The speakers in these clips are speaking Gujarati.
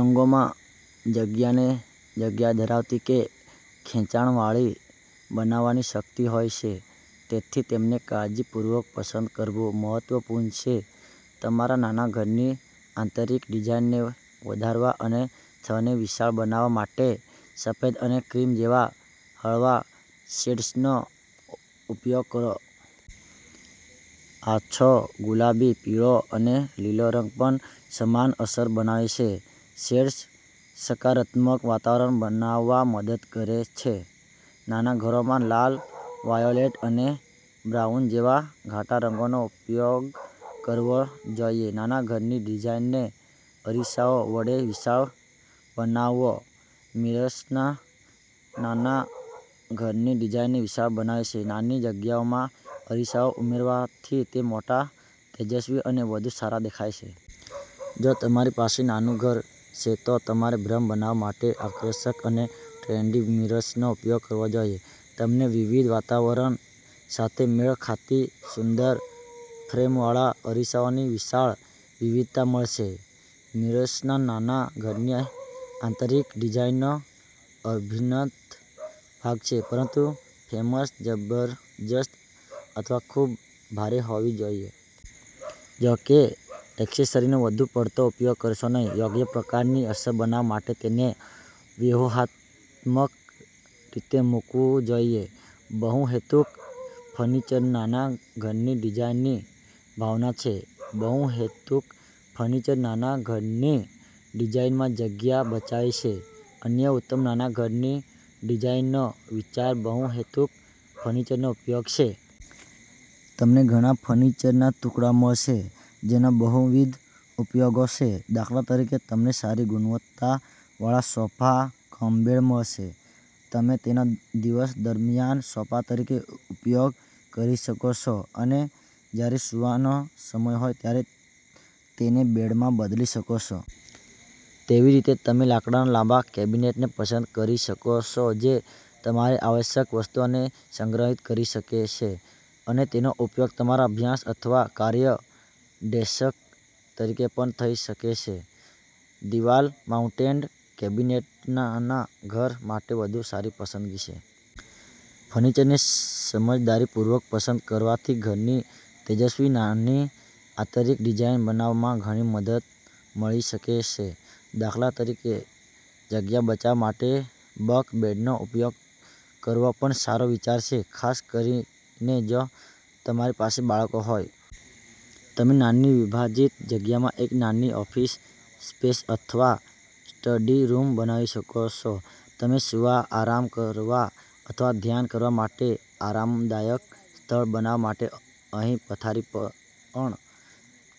રંગોમાં જગ્યાને જગ્યા ધરાવતી કે ખેંચાણવાળી બનાવવાની શક્તિ હોય છે. તેથી, તેમને કાળજીપૂર્વક પસંદ કરવું મહત્વપૂર્ણ છે. તમારા નાના ઘરની આંતરિક ડિઝાઇનને વધારવા અને સ્થળને વિશાળ બનાવવા માટે, સફેદ અને ક્રીમ જેવા હળવા શેડ્સનો ઉપયોગ કરો. આછો ગુલાબી, પીળો અને લીલો રંગ પણ સમાન અસર બનાવે છે. શેડ્સ સકારાત્મક વાતાવરણ બનાવવામાં મદદ કરે છે. નાના ઘરોમાં લાલ, વાયોલેટ અને બ્રાઉન જેવા ઘાટા રંગોનો ઉપયોગકરવો જોઈએ. નાના ઘરની ડિઝાઇનને અરીસાઓ વડે વિશાળ બનાવોમિરર્સ નાના ઘરની ડિઝાઇનને વિશાળ બનાવે છે નાની જગ્યાઓમાં અરીસાઓ ઉમેરવાથી તે મોટા, તેજસ્વી અને વધુ સારા દેખાય છે. જો તમારી પાસે નાનું ઘર છે, તો તમારેભ્રમ બનાવવા માટે આકર્ષક અને ટ્રેન્ડી મિરર્સનો ઉપયોગ કરવો જોઈએ. તમને વિવિધ વાતાવરણ સાથે મેળ ખાતી સુંદર ફ્રેમવાળા અરીસાઓની વિશાળ વિવિધતા મળશે. મિરર્સનાના ઘરની આંતરિક ડિઝાઇનનો અભિન્ન ભાગ છે, પરંતુ ફ્રેમ્સ જબરજસ્ત અથવા ખૂબ ભારેહોવી જોઈએ. જો કે, એક્સેસરીનો વધુ પડતો ઉપયોગ કરશો નહીં. યોગ્ય પ્રકારની અસર બનાવવા માટે તેને વ્યૂહાત્મક રીતે મૂકવું જોઈએ. બહુહેતુક ફર્નિચરનાના ઘરની ડિઝાઇનની ભાવના છે બહુહેતુક ફર્નિચર નાના ઘરની ડિઝાઇનમાં જગ્યા બચાવે છે અન્ય ઉત્તમ નાના ઘરની ડિઝાઇનનો વિચાર બહુ હેતુક ફર્નિચરનો ઉપયોગ છે. તમને ઘણા ફર્નિચરના ટુકડા મળશે જેનો બહુવિધ ઉપયોગો છે. દાખલા તરીકે, તમને સારી ગુણવત્તાવાળા સોફા કમ બેડ મળશે. તમે તેનો દિવસ દરમિયાન સોફા તરીકે ઉપયોગ કરી શકો છો અને જ્યારે સૂવાનો સમય હોય ત્યારે તેને બેડમાં બદલી શકો છો. તેવીરીતે, તમે લાકડાના લાંબા કેબિનેટને પસંદ કરી શકો છો જે તમારી આવશ્યક વસ્તુઓને સંગ્રહિત કરી શકે છે અને તેનો ઉપયોગ તમારા અભ્યાસ અથવા કાર્ય ડેસ્ક તરીકે પણ થઈ શકે છે. દિવાલ-માઉન્ટેડ કેબિનેટનાના ઘર માટે વધુ સારી પસંદગી છે. ફર્નિચરને સમજદારીપૂર્વક પસંદ કરવાથી ઘરની તેજસ્વી નાની આંતરિક ડિઝાઇન બનાવવામાં ઘણી મદદ મળી શકે છે. દાખલા તરીકે, જગ્યા બચાવવા માટે બંક બેડનો ઉપયોગ કરવોપણ સારો વિચાર છે, ખાસ કરીને જો તમારી પાસે બાળકો હોય. તમે નાની વિભાજીત જગ્યામાં એક નાની ઓફિસ સ્પેસ અથવા સ્ટડી રૂમ બનાવી શકો છો. તમે સૂવા, આરામ કરવા અથવા ધ્યાન કરવા માટે આરામદાયક સ્થળ બનાવવા માટે અહીં પથારી પણ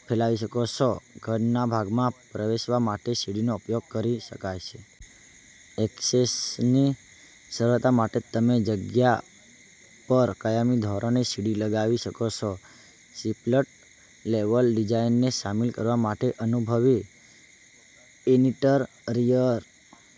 ફેલાવી શકો છો. ઘરનાભાગમાં પ્રવેશવા માટે સીડીનો ઉપયોગ કરી શકાય છે. ઍક્સેસની સરળતા માટે તમેજગ્યા પર કાયમી ધોરણે સીડી લગાવી શકો છો. સ્પ્લિટ-લેવલ ડિઝાઇનને સામેલ કરવા માટે અનુભવી ઇન્ટરિયર